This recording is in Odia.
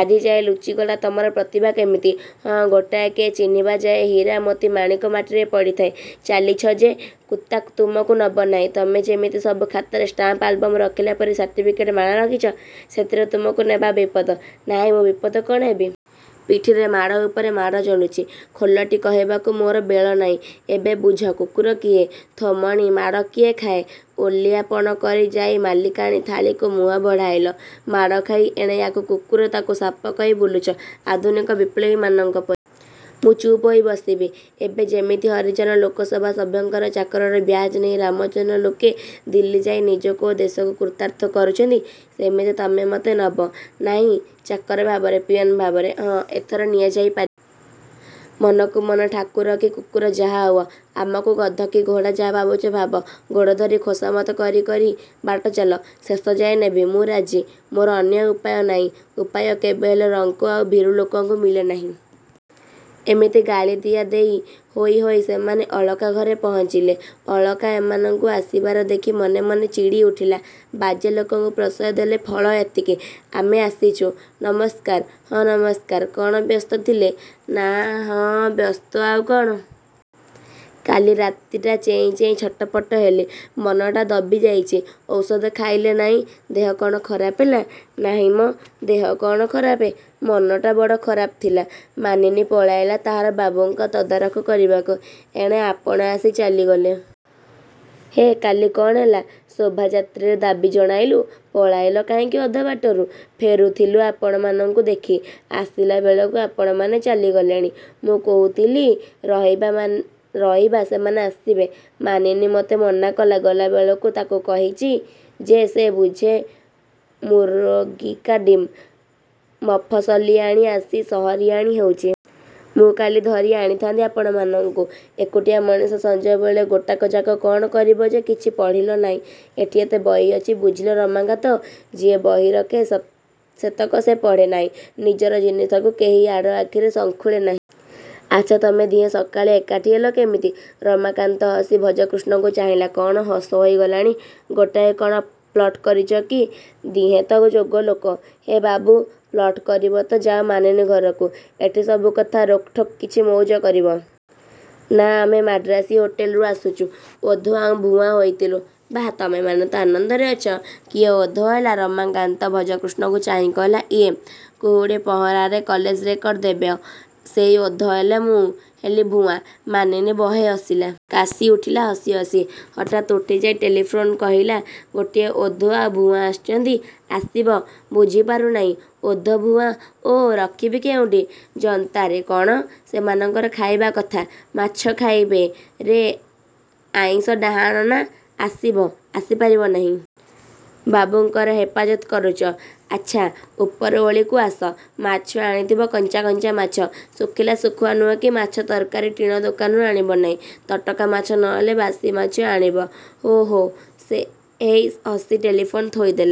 ଆଜିଯାଏ ଲୁଚିଗଲା ତମର ପ୍ରତିଭା କେମିତି? –ହଁ, ଗୋଟାଏ କିଏ ଚିହ୍ନିବାଯାଏ ହୀରା–ମୋତି–ମାଣିକ ମାଟିରେ ପଡ଼ିଥାଏ। –ଚାଲିଛ ଯେ। କୁତା ତୁମକୁ ନବନାହିଁ। ତମେ ଯେମିତି ସବୁ ଖାତାରେ ଷ୍ଟାମ୍ପ ଆଲବମ୍ ରଖିଲା ପରି ସାର୍ଟିଫିକେଟ୍ ମାଳା ରଖିଛ। ସେଥିରେ ତୁମକୁ ନେବା ବିପଦ। –ନାହିଁ, ମୁଁ ବିପଦ କ'ଣ ହେବି? ପିଠିରେ ମାଡ଼ ଉପରେ ମାଡ଼ ଚଢ଼ୁଛି। ଖୋଲଟି କହିବାକୁ ମୋର ବେଳ ନାହିଁ? –ଏବେ ବୁଝ କୁକୁର କିଏ? ଥୋମଣି–ମାଡ଼ କିଏ ଖାଏ। ଓଲିଆ ପଣ କରି ଯାଇ ମାଲିକାଣି ଥାଳିକୁ ମୁହଁ ବଢ଼ାଇଲ। ମାଡ଼ ଖାଇ ଏଣେ ୟା'କୁ କୁକୁର, ତାକୁ ସାପ କହି ବୁଲୁଛ–ଆଧୁନିକ ବିପ୍ଳବୀମାନଙ୍କ ପରି। –ମୁଁ ଚୁପ୍ ହୋଇ ବସିବି। ଏବେ ଯେମିତି ହରିଜନ ଲୋକସଭା ସଭ୍ୟଙ୍କର ଚାକରର ବ୍ୟାଜ୍ ନେଇ ରାମଜନ ଲୋକେ ଦିଲ୍ଲୀ ଯାଇ ନିଜକୁ ଓ ଦେଶକୁ କୃତାର୍ଥ କରୁଛନ୍ତି ସେମିତି ତମେ ମତେ ନବ ନାହିଁ–ଚାକର ଭାବରେ? –ପିଅନ୍ ଭାବରେ? –ହଁ, ଏଥର ନିଆଯାଇ ପାରିବ। ମନକୁ ମନ ଠାକୁର କି କୁକୁର ଯାହା ହୁଅ, ଆମକୁ ଗଧ, କି ଘୋଡ଼ା ଯାହା ଭାବୁଛ ଭାବ–ଗୋଡ଼ଧରି ଖୋସାମତ କରି କରି ବାଟ ଚାଲ। ଶେଷ ଯାଏ ନେବି। –ମୁଁ ରାଜି। ମୋର ଅନ୍ୟ ଉପାୟ ନାହିଁ। –ଉପାୟ କେବେହେଲେ ରଙ୍କ ଆଉ ଭୀରୁ ଲୋକଙ୍କୁ ମିଳେ ନାହିଁ। ଏମିତି ଗାଳି ଦିଆ ଦେଇ ହୋଇ ହୋଇ ସେମାନେ ଅଳକା ଘରେ ପହଞ୍ଚିଲେ। ଅଳକା ଏମାନଙ୍କୁ ଆସିବାର ଦେଖି ମନେ ମନେ ଚିଡ଼ି ଉଠିଲା–ବାଜେ ଲୋକଙ୍କୁ ପ୍ରଶ୍ରୟ ଦେଲେ ଫଳ ଏତିକି? –ଆମେ ଆସିଛୁ। ନମସ୍କାର। –ହଁ, ନମସ୍କାର। –କ'ଣ ବ୍ୟସ୍ତ ଥିଲେ? –ନା–ହଁ। ବ୍ୟସ୍ତ ଆଉ କ'ଣ। କାଲି ରାତିଟା ଚେଇଁ ଚେଇଁ ଛଟପଟ ହେଲି। ମନଟା ଦବି ଯାଇଛି। –ଔଷଧ ଖାଇଲେ ନାହିଁ। ଦେହ କ'ଣ ଖରାପ ହେଲା? –ନାହିଁ ମ ଦେହ କ'ଣ ଖରାପ? ମନଟା ବଡ଼ ଖରାପ ଥିଲା। ମାନିନୀ ପଳାଇଲା ତାହାର ବାବୁଙ୍କ ତଦାରଖ କରିବାକୁ। ଏଣେ ଆପଣ ଆସି ଚାଲିଗଲେ। ହେ, କାଲି କ'ଣ ହେଲା? –ଶୋଭାଯାତ୍ରାରେ ଦାବୀ ଜଣାଇଲୁ? –ପଳାଇଲ କାହିଁକି ଅଧବାଟରୁ? –ଫେରୁଥିଲୁ ଆପଣମାନଙ୍କୁ ଦେଖି। ଆସିଲା ବେଳକୁ ଆପଣମାନେ ଚାଲିଗଲେଣି। ମୁଁ କହୁଥିଲି ରହିବା–ସେମାନେ ଆସିବେ। ମାନିନୀ ମତେ ମନାକଲା–ଗଲାବେଳକୁ ତା'କୁ କହିଛି ଯେ ସେ ବୁଝେ ମୁରଗିକା ଡିମ୍। –ମଫସଲିଆଣି ଆସି ସହରିଆଣି ହେଉଛି। –ମୁଁ କାଲି ଧରି ଆଣିଥାନ୍ତି ଆପଣମାନଙ୍କୁ-। ଏକୁଟିଆ ମଣିଷ ସଞ୍ଜବେଳ ଗୋଟାକ ଯାକ କ'ଣ କରିବ ଯେ –କିଛି ପଢ଼ିଲ ନାହିଁ। ଏଠି ଏତେ ବହି ଅଛି। –ବୁଝିଲ ରମାକାନ୍ତ–ଯିଏ ବହି ରଖେ ସେତକ ସେ ପଢ଼େ ନାହିଁ। ନିଜର ଜିନିଷକୁ କେହି ଆଡ଼ ଆଖିରେ ସଙ୍ଖୁଳେ ନାହିଁ। ଆଚ୍ଛା, ତମେ ଦିହେଁ ସକାଳେ ଏକାଠି ହେଲ କେମିତି? ରମାକାନ୍ତ ହସି ଭଜକୃଷ୍ଣଙ୍କୁ ଚାହିଁଲା। –କ'ଣ ହସ ହୋଇଗଲାଣି? ଗୋଟାଏ କ'ଣ ପ୍ଲଟ କରିଛ କି? ଦିହେଁ ତ ଯୋଗା ଲୋକ। ହେ ବାବୁ, ପ୍ଲଟ କରିବ ତ ଯାଅ ମାନିନୀ ଘରକୁ। ଏଠି ସବୁ କଥା ରୋକ୍ ଠୋକ୍–କିଛି ମଉଜ କରିବ? –ନା, ଆମେ ମାଡ୍ରାସି ହୋଟେଲରୁ ଆସୁଛୁ। –ଓଧ ଆଉ ଭୁଆଁ ହୋଇଥିଲୁ। –ବାଃ, ତମେମାନେ ତ ଆନନ୍ଦରେ ଅଛ। କିଏ ଓଧ ହେଲା? ରମାକାନ୍ତ ଭଜକୃଷ୍ଣକୁ ଚାହିଁ କହିଲା–ଇଏ। କୁହୁଡ଼ି–ପହଁରାରେ କଲେଜ ରେକର୍ଡ଼ ଦେବେ। ସେଇ ଓଧ ହେଲେ। ମୁଁ ହେଲି ଭୁଆଁ। ମାନିନୀ ବହେ ହସିଲା। କାଶି ଉଠିଲା ହସି ହସି। ହଠାତ୍ ଉଠିଯାଇ ଟେଲିଫୋନ୍ରେ କହିଲା– –ଗୋଟିଏ ଓଧ ଆଉ ଭୁଆଁ ଆସିଛନ୍ତି। ଆସିବ। –ବୁଝି ପାରୁ ନାହଁ। ଓଧ–ଭୁଆଁ। –ଓ, ରଖିବି କେଉଁଠି? –ଯନ୍ତାରେ। –କ'ଣ ସେମାନଙ୍କର ଖାଇବା କଥା? –ମାଛ ଖାଇବେ। ରେ ଆଇଁଷ–ଡାହାଣା ନା-।... ଆସିବ? –ଆସି ପାରିବ ନାହିଁ। ବାବୁଙ୍କର ହେପାଜତ୍ କରୁଚ।... ଆଚ୍ଛା, ଉପରଓଳିକୁ ଆସ। ମାଛ ଆଣିଥିବ–କଞ୍ଚା–କଞ୍ଚା ମାଛ। ଶୁଖିଲା ଶୁଖୁଆ ନୁହେଁ କି ମାଛ ତରକାରି ଟିଣ ଦୋକାନରୁ ଆଣିବ ନାହିଁ। ତଟକା ମାଛ ନ ହେଲେ ବାସି ମାଛ ଆଣିବ ହୋ ହୋ ହେଇ ହସି ଟେଲିଫୋନ ଥୋଇ ଦେଲା।